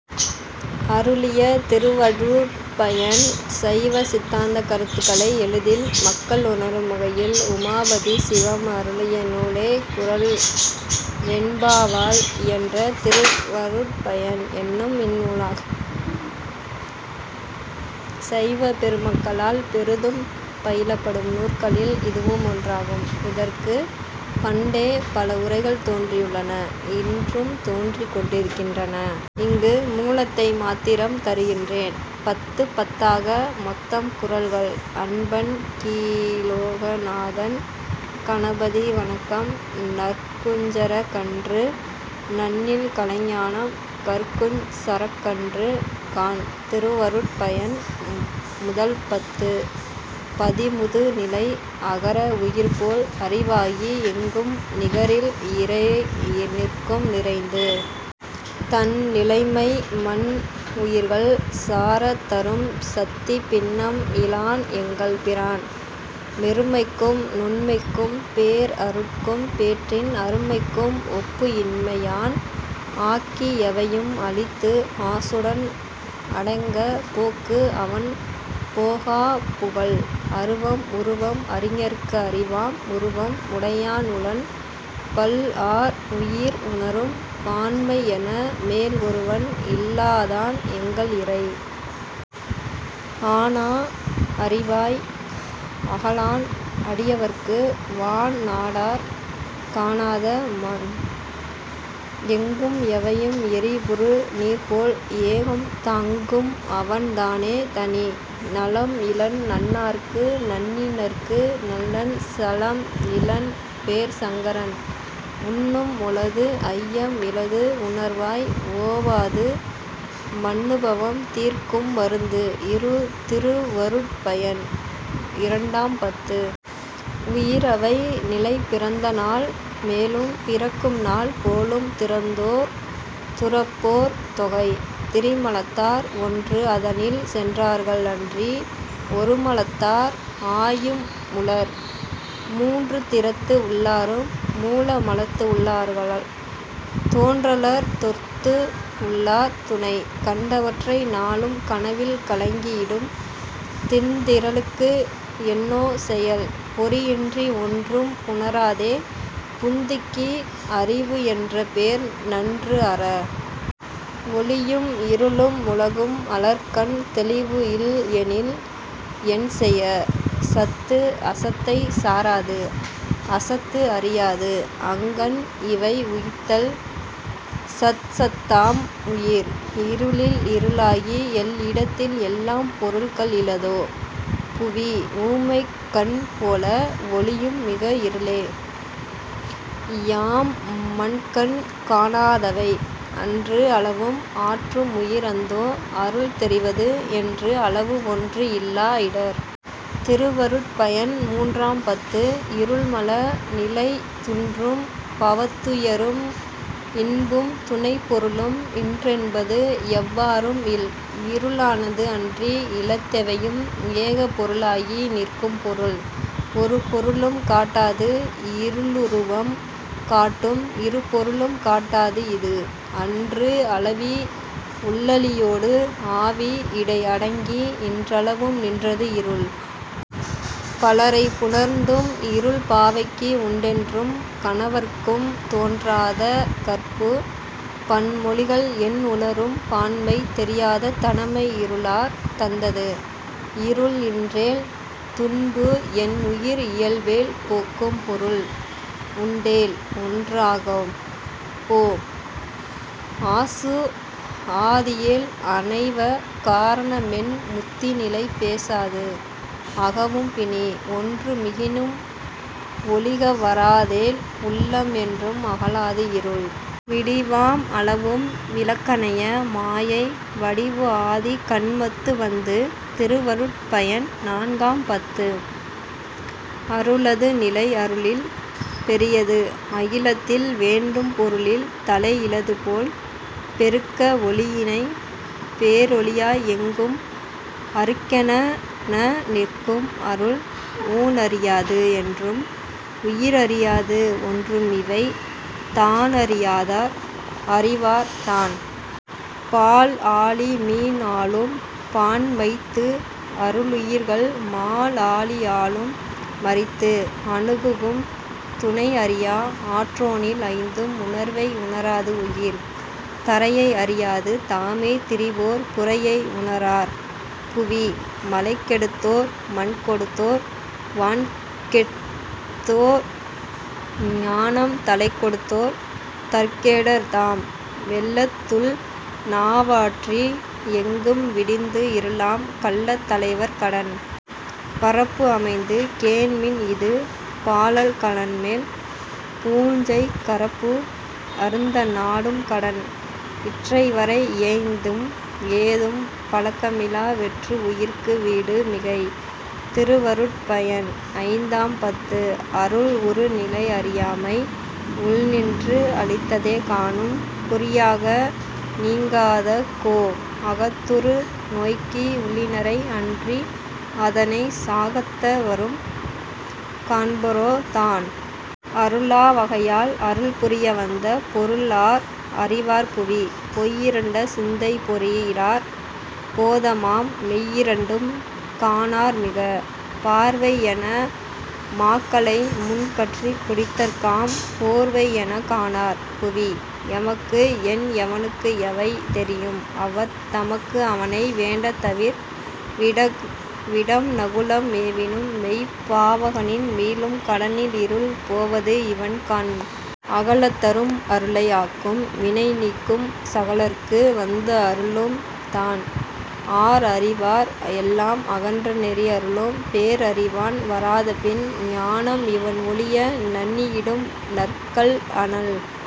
அருளிய "திருவருட்பயன்" சைவ சித்தாந்தக் கருத்துக்களை எளிதில் மக்கள் உணரும் வகையில் உமாபதி சிவம் அருளிய நூலே குறள் வெண்பாவால் இயன்ற "திருவருட்பயன்" எனும் இந்நூலாகும். சைவ பெருமக்களால் பெரிதும் பயிலப்படும் நூற்களில் இதுவும் ஒன்றாகும். இதற்கு பண்டே பல உரைகள் தோன்றியுள்ளன, இன்றும் தோன்றிக் கொண்டிருகின்றன. இங்கு மூலத்தை மாத்திரம் தருகின்றேன். பத்துப் பத்தாக மொத்தம் குறள்கள். அன்பன் கி. லோகநாதன் கணபதி வணக்கம் நற்குஞ்சரக் கன்று நண்ணில் கலைஞானம் கற்குஞ் சரக்கன்று காண். திருவருட்பயன் முதல் பத்து. பதிமுது நிலை அகர உயிர்போல் அறிவாகி எங்கும் நிகரில் இறை நிற்கும் நிறைந்து. தன் நிலைமை மன் உயிர்கள் சாரத் தரும்சத்தி பின்னம் இலான் எங்கள் பிரான். மெருமைக்கும் நுண்மைக்கும் பேர்அருட்கும் பேற்றின் அருமைக்கும் ஒப்புஇன்மை யான். ஆக்கிஎவையும் அளித்து ஆசுடன் அடங்கப் போக்கு அவன் போகாப் புகல்.. அருவம் உருவம் அறிஞர்க்கு அறிவாம் உருவம் உடையான் உளன்.. பல்ஆர் உயிர் உணரும் பான்மைஎன மேல்ஒருவன் இல்லாதான் எங்கள் இறை.. ஆனா அறிவாய் அகலான் அடியவர்க்கு வான்நாடார் காணாத மன். எங்கும் எவையும் எரி உறு நீர்போல் ஏகம் தாங்கும்அவன் தானே தனி.. நலம்இலன் நண்ணார்க்கு நண்ணினர்க்கு நல்லன் சலம்இலன் பேர் சங்கரன்.. உன்னும்உளது ஐயம்இலது உணர்வாய் ஓவாது மன்னுபவம் தீர்க்கும் மருந்து திருவருட்பயன் -இரண்டாம் பத்து. உயிரவை நிலை பிறந்தநாள் மேலும் பிறக்கும்நாள் போலும் துறந்தோர் துறப்போர் தொகை.. திரிமலத்தார் ஒன்றுஅதனில் சென்றார்கள் அன்றி ஒருமலத்தார் ஆயும் உளர். மூன்றுதிறத்து உள்ளாரும் மூலமலத்து உள்ளார்கள் தோன்றலர்தொத்து உள்ளார் துணை. கண்டவற்றை நாளும் கனவில் கலங்கியிடும் திண்திறலுக்கு என்னோ செயல். பொறிஇன்றி ஒன்றும் புணராதே புந்திக்கு அறிவுஎன்ற பேர்நன்று அற. ஒளியும் இருளும் உலகும் அலர்கண் தெளிவு இல்எனில் என்செய. சத்துஅசத்தைச் சாராது அசத்துஅறியாது அங்கண்இவை உய்த்தல் சத்சத்தாம் உயிர். இருளில் இருளாகி எல்இடத்தில் எல்லாம் பொருள்கள் இலதோ புவி. ஊமைக்கண் போல ஒளியும் மிக இருளே யாம்மன்கண் காணா தவை. அன்றுஅளவும் ஆற்றும் உயிர் அந்தோ அருள்தெரிவது என்றுஅளவு ஒன்றுஇல்லா இடர். திருவருட்பயன் மூன்றாம் பத்து. இருள்மல நிலை துன்றும் பவத்துயரும் இன்பும் துணைப்பொருளும் இன்றென்பது எவ்வாறும் இல். இருளானது அன்றி இலதெவையும் ஏகப் பொருளாகி நிற்கும் பொருள். ஒருபொருளும் காட்டாது இருளுருவம் காட்டும் இருபொருளும் காட்டாது இது. அன்றுஅளவி உள்ளளியோடு ஆவி இடைஅடங்கி இன்றளவும் நின்றது இருள். பலரைப் புணர்ந்தும் இருள்பாவைக்கு உண்டென்றும் கணவற்கும் தோன்றாத கற்பு. பன்மொழிகள் என்உணரும் பான்மை தெரியாத தனமை இருளார் தந்தது. இருள்இன்றேல் துன்புஎன் உயிர் இயல்பேல் போக்கும் பொருள் உண்டேல் ஒன்றாகப் போம். ஆசுஆதியேல் அணைவ காரணமென் முத்திநிலை பேசாது அகவும் பிணி. ஒன்று மிகினும் ஒளிகவராதேல் உள்ளம் என்றும் அகலாது இருள். விடிவாம் அளவும் விளக்கனைய மாயை வடிவுஆதி கன்மத்து வந்து. திருவருட்பயன் நான்காம் பத்து. அருளது நிலை அருளில் பெரியது அகிலத்தில் வேண்டும் பொருளில் தலைஇலது போல். பெருக்க ஒளியினை பேரொளியாய் எங்கும் அருக்கெனன நிற்கும் அருள். ஊனறியாது என்றும் உயிர்அறியாது ஒன்றுமிவை தானறியாதார் அறிவார் தான். பால்ஆழி மீன்ஆளும் பான்மைத்து அருளுயிர்கள் மால்ஆழி ஆளும் மறித்து. அணுகும் துணைஅறியா ஆற்றோனில் ஐந்தும் உணர்வை உணராது உயிர். தரையை அறியாது தாமே திரிவோர் புரையை உணரார் புவி. மலைகெடுத்தோர் மண்கொடுத்தோர் வான்கெட்த்தோர் ஞானம் தலைகொடுத்தோர் தற்கேடர் தாம். வெள்ளத்துள் நாவாற்றி எங்கும்விடிந்து இருளாம் கள்ளத் தலைவர் கடன். பரப்புஅமைந்து கேண்மின்இது பாலல்கலன்மேல் பூஞை கரப்பு அருந்த நாடும் கடன். இற்றைவரை இயைந்தும் ஏதும் பழக்கமிலா வெற்று உயிர்க்கு வீடு மிகை. திருவருட்பயன் -ஐந்தாம் பத்து. அருள் உரு நிலை அறியாமை உள்நின்று அளித்ததே காணும் குறியாக நீங்காத கோ. அகத்துறு நோய்க்கு உள்ளினரை அன்றிஅதனை சாகத்தவரும் காண்பரோ தான். அருளா வகையால் அருள்புரிய வந்த பொருள்ஆர் அறிவார் புவி. பொய்இருண்ட சிந்தைப் பொறி இலார் போதமாம் மெய்இரண்டும் காணார் மிக. பார்வைஎன மாக்களைமுன் பற்றிப் பிடித்தற்காம் போர்வைஎனக் காணார் புவி. எமக்குஎன் எவனுக்கு எவை தெரியும் அவ்வத் தமக்குஅவனை வேண்டத் தவிர். விடம்நகுலம் மேவினும் மெய்ப்பாவகனின் மீளும் கடனில்இருள் போவதுஇவன் கண். அகலத் தரும் அருளை ஆக்கும் வினைநீக்கும் சகலர்க்கு வந்துஅருளும் தான். ஆர்அறிவார் எல்லாம் அகன்ற நெறிஅருளும் பேர்அறிவான் வாராத பின். ஞானம் இவன்ஒழிய நண்ணியிடும் நற்கல்அனல்।